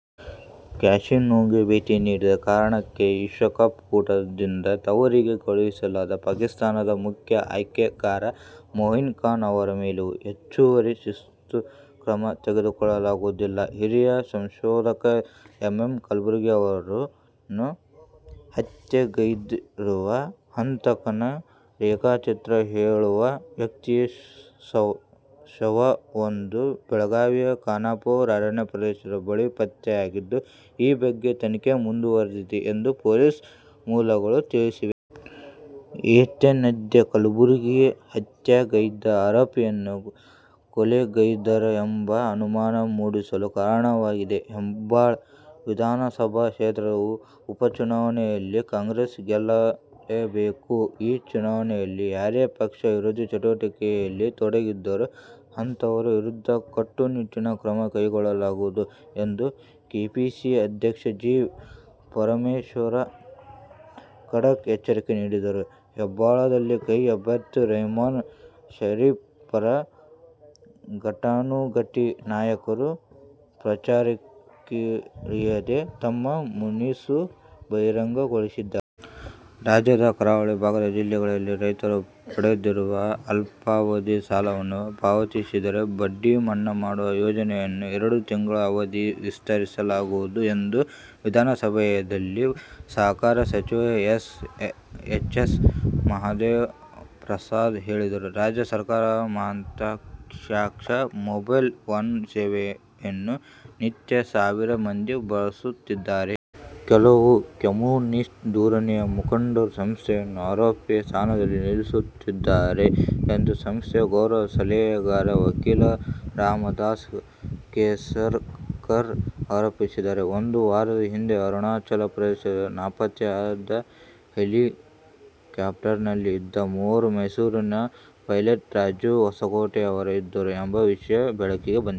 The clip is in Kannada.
ಕ್ಯಾಸಿನೋಗೆ ಭೇಟಿ ನೀಡಿದ ಕಾರಣಕ್ಕೆ ವಿಶ್ವ ಕಪ್ ಕೂಟದಿಂದ ತವರಿಗೆ ಕಳುಹಿಸಲಾದ ಪಾಕಿಸ್ಥಾನದ ಮುಖ್ಯ ಆಯ್ಕೆಗಾರ ಮೊಯಿನ್ ಖಾನ್ ಅವರ ಮೇಲೆ ಹೆಚ್ಚುವರಿ ಶಿಸ್ತು ಕ್ರಮ ತೆಗೆದುಕೊಳ್ಳಲಾಗುವುದಿಲ್ಲ. ಹಿರಿಯ ಸಂಶೋಧಕ ಎಂಎಂ ಕಲಬುರ್ಗಿ ಅವರನ್ನು ಹತ್ಯೆಗೈದಿರುವ ಹಂತಕನ ರೇಖಾಚಿತ್ರ ಹೋಲುವ ವ್ಯಕ್ತಿಯ ಶವವೊಂದು ಬೆಳಗಾವಿಯ ಖಾನಾಪುರ ಅರಣ್ಯ ಪ್ರದೇಶದ ಬಳಿ ಪತ್ತೆಯಾಗಿದ್ದು, ಈ ಬಗ್ಗೆ ತನಿಖೆ ಮುಂದುವರಿದಿದೆ ಎಂದು ಪೊಲೀಸ್ ಮೂಲಗಳು ತಿಳಿಸಿವೆ. ಏತನ್ಮಧ್ಯೆ ಕಲಬುರ್ಗಿ ಹತ್ಯೆಗೈದ ಆರೋಪಿಯನ್ನು ಕೊಲೆಗೈದರೇ ಎಂಬ ಅನುಮಾನ ಮೂಡಿಸಲು ಕಾರಣವಾಗಿದೆ. ಹೆಬ್ಬಾಳ ವಿಧಾನಸಭಾ ಕ್ಷೇತ್ರದ ಉಪಚುನಾವಣೆಯಲ್ಲಿ ಕಾಂಗ್ರೆಸ್ ಗೆಲ್ಲಲೇಬೇಕು. ಈ ಚುನಾವಣೆಯಲ್ಲಿ ಯಾರೇ ಪಕ್ಷ ವಿರೋಧಿ ಚಟುವಟಿಕೆಯಲ್ಲಿ ತೊಡಗಿದರೂ ಅಂತಹವರ ವಿರುದ್ಧ ಕಟ್ಟುನಿಟ್ಟಿನ ಕ್ರಮ ಕೈಗೊಳ್ಳಲಾಗುವುದು ಎಂದು ಕೆಪಿಸಿಸಿ ಅಧ್ಯಕ್ಷ ಜಿ. ಪರಮೇಶ್ವರ್ ಖಡಕ್ ಎಚ್ಚರಿಕೆ ನೀಡಿದ್ದರೂ ಹೆಬ್ಬಾಳದಲ್ಲಿ ಕೈ ಅಭ್ಯರ್ಥಿ ರೆಹಮಾನ್ ಷರೀಫ್ ಪರ ಘಟಾನುಘಟಿ ನಾಯಕರು ಪ್ರಚಾರಕ್ಕಿಳಿಯದೆ ತಮ್ಮ ಮುನಿಸು ಬಹಿರಂಗಗೊಳಿಸಿದ್ದಾರೆ. ರಾಜ್ಯದ ಕರಾವಳಿ ಭಾಗದ ಜಿಲ್ಲೆಗಳಲ್ಲಿ ರೈತರು ಪಡೆದಿರುವ ಅಲ್ಪಾವಧಿ ಸಾಲವನ್ನು ಪಾವತಿಸಿದರೆ ಬಡ್ಡಿ ಮನ್ನಾ ಮಾಡುವ ಯೋಜನೆಯನ್ನು ಎರಡು ತಿಂಗಳ ಅವಧಿಗೆ ವಿಸ್ತರಿಸಲಾಗುವುದು ಎಂದು ವಿಧಾನಸಭೆಯಲ್ಲಿ ಸಹಕಾರ ಸಚಿವ ಎಚ್. ಎಸ್. ಮಹದೇವಪ್ರಸಾದ್ ಹೇಳಿದರು. ರಾಜ್ಯ ಸರ್ಕಾರದ ಮಹತ್ವಾಕಾಂಕ್ಷಿ "ಮೊಬೈಲ್-ಒನ್' ಸೇವೆಯನ್ನು ನಿತ್ಯ ಸಾವಿರ ಮಂದಿ ಬಳಸುತ್ತಿದ್ದಾರೆ. ಕೆಲವು ಕಮ್ಯುನಿಸ್ಟ್ ಧೋರಣೆಯ ಮುಖಂಡರು ಸಂಸ್ಥೆಯನ್ನು ಆರೋಪಿ ಸ್ಥಾನದಲ್ಲಿ ನಿಲ್ಲಿಸುತ್ತಿದ್ದಾರೆ ಎಂದು ಸಂಸ್ಥೆಯ ಗೌರವ ಸಲಹೆಗಾರ, ವಕೀಲ ರಾಮದಾಸ ಕೇಸರಕರ್ ಆರೋಪಿಸಿದ್ದಾರೆ. ಒಂದು ವಾರದ ಹಿಂದೆ ಅರುಣಾಚಲ ಪ್ರದೇಶದಲ್ಲಿ ನಾಪತ್ತೆಯಾದ ಹೆಲಿಕಾಪ್ಟರ್ನಲ್ಲಿ ಇದ್ದ ಮೂವರಲ್ಲಿ ಮೈಸೂರಿನ ಪೈಲಟ್ ರಾಜೀವ್ ಹೊಸಕೋಟೆ ಅವರೂ ಇದ್ದರು ಎಂಬ ವಿಷಯ ಬೆಳಕಿಗೆ ಬಂದಿದೆ.